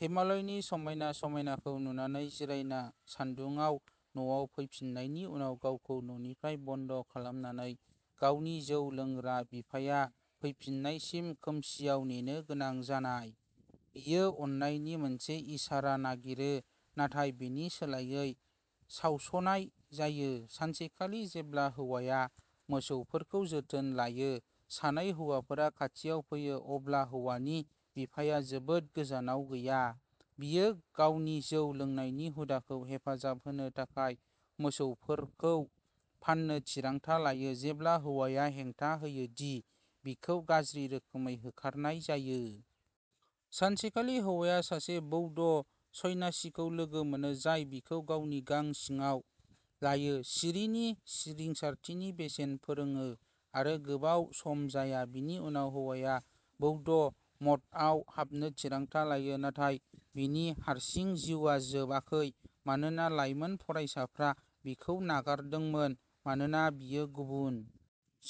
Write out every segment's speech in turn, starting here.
हिमालयनि समायना समायनाखौ नुनानै जिरायना, सान्दुङाव न'आव फैफिन्नायनि उनाव गावखौ न'निफ्राय बन्द' खालामनानै, गावनि जौ लोंग्रा बिफाया फैफिन्नायसिम खोमसिआव नेनो गोनां जानाय, बियो अननायनि मोनसे इसारा नागिरो, नाथाय बेनि सोलायै सावस'नाय जायो। सानसेखालि जेब्ला हौवाया मोसौफोरखौ जोथोन लायो, सानै हौवाफोरा खाथियाव फैयो, अब्ला हौवानि बिफाया जोबोद गोजानाव गैया, बियो गावनि जौ लोंनायनि हुदाखौ हेफाजाब होनो थाखाय मोसौफोरखौ फान्नो थिरांथा लायो, जेब्ला हौवाया हेंथा होयो दि बिखौ गाज्रि रोखोमै होखारनाय जायो। सानसेखालि हौवाया सासे बौद्ध सन्यासिखौ लोगो मोनो, जाय बिखौ गावनि गां सिङाव लायो, सिरिनि रिंसारथिनि बेसेन फोरोङो आरो गोबाव सम जाया, बिनि उनाव हौवाया बौद्ध मठआव हाबनो थिरांथा लायो। नाथाय बिनि हारसिं जिउआ जोबाखै मानोना लाइमोन फरायसाफ्रा बिखौ नागारदोंमोन मानोना बियो गुबुन।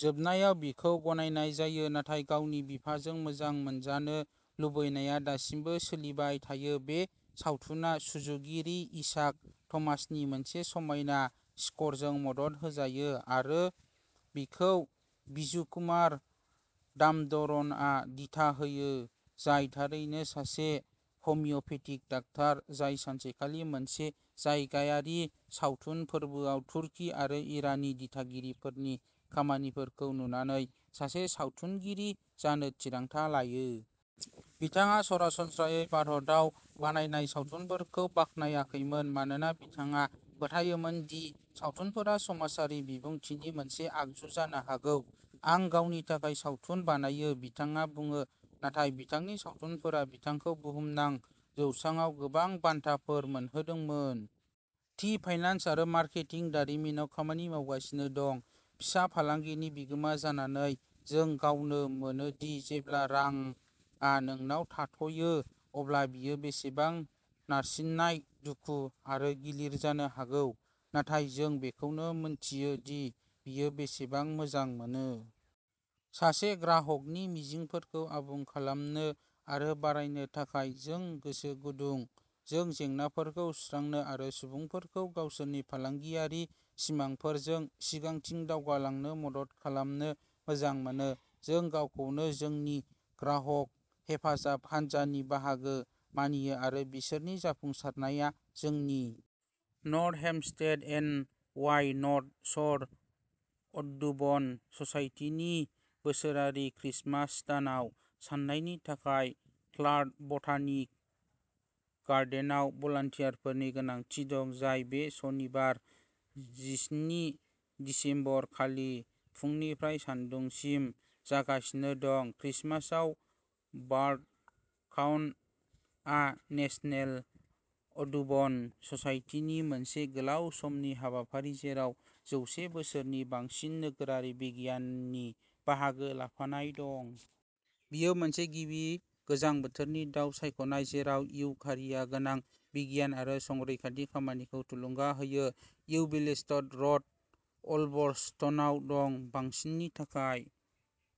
जोबनायाव, बिखौ गनायनाय जायो, नाथाय गावनि बिफाजों मोजां मोनजानो लुबैनाया दासिमबो सोलिबाय थायो। बे सावथुना सुजुगिरि इसाक थमासनि मोनसे समायना स्करजों मदद होजायो आरो बेखौ बिजुकुमार दाम'दरनआ दिथा होयो, जाय थारैनो सासे हमिय'पेथिक डाक्टार, जाय सानसेखालि मोनसे जायगायारि सावथुन फोरबोआव तुर्की आरो इरानी दिथागिरिफोरनि खामानिफोरखौ नुनानै सासे सावथुनगिरि जानो थिरांथा लायो। बिथाङा सरासनस्रायै भारतआव बानायनाय सावथुनफोरखौ बाख्नायाखैमोन मानोना बिथाङा फोथायोमोन दि सावथुनफोरा समाजारि बिबुंथिनि मोनसे आगजु जानो हागौ। आं गावनि थाखाय सावथुन बानायो बिथाङा बुङो नाथाय बिथांनि सावथुनफोरा बिथांखौ बुहुमनां जौसाङाव गोबां बान्थाफोर मोनहोदोंमोन। टी फाइनेन्स आरो मार्केटिं दारिमिनाव खामानि मावगासिनो दं। फिसा फालांगिनि बिगोमा जानानै जों गावनो मोनो दि जेब्ला रांआ नोंनाव थाथ'यो अब्ला बेयो बेसेबां नारसिननाय, दुखु आरो गिलिर जानो हागौ, नाथाय जों बेखौबो मिन्थियो दि बेयो बेसेबां मोजां मोनो। सासे ग्राहकनि मिजिंफोरखौ आबुं खालामनो आरो बारायनो थाखाय। जों गोसो गुदुं, जों जेंनाफोरखौ सुस्रांनो आरो सुबुंफोरखौ गावसोरनि फालांगियारि सिमांफोरजों सिगांथिं दावगालांनो मदद खालामनो मोजां मोनो। जों गावखौनो जोंनि ग्राहक हेफाजाब हानजानि बाहागो मानियो आरो बिसोरनि जाफुंसारनाया जोंनि। North Hempstead, N Y North Shore Audubon ससाइटिनि बोसोरारि क्रिसमास दाव साननायनि थाखाय क्लार्क बटानिक गार्डेनआव भलन्टियारफोरनि गोनांथि दं, जाय बे सनिबार, जिस्नि दिसेम्बर खालि फुंनिफ्राय सान्दुंसिम जागासिनो दं। क्रिसमास बार्ड काउन्ट आ नेसनेल अडुबन ससाइटिनि मोनसे गोलाव समनि हाबाफारि, जेराव जौसे बोसोरनि बांसिन नोगोरारि बिगियाननि बाहागो लाफानाय दं। बेयो मोनसे गिबि गोजां बोथोरनि दाव सानख'नाय, जेराव इउ खारिआ गोनां बिगियान आरो संरैखाथि खामानिखौ थुलुंगा होयो। इउ विलेट्स रोड, अल्बर्टसनआव दं। बांसिननि थाखाय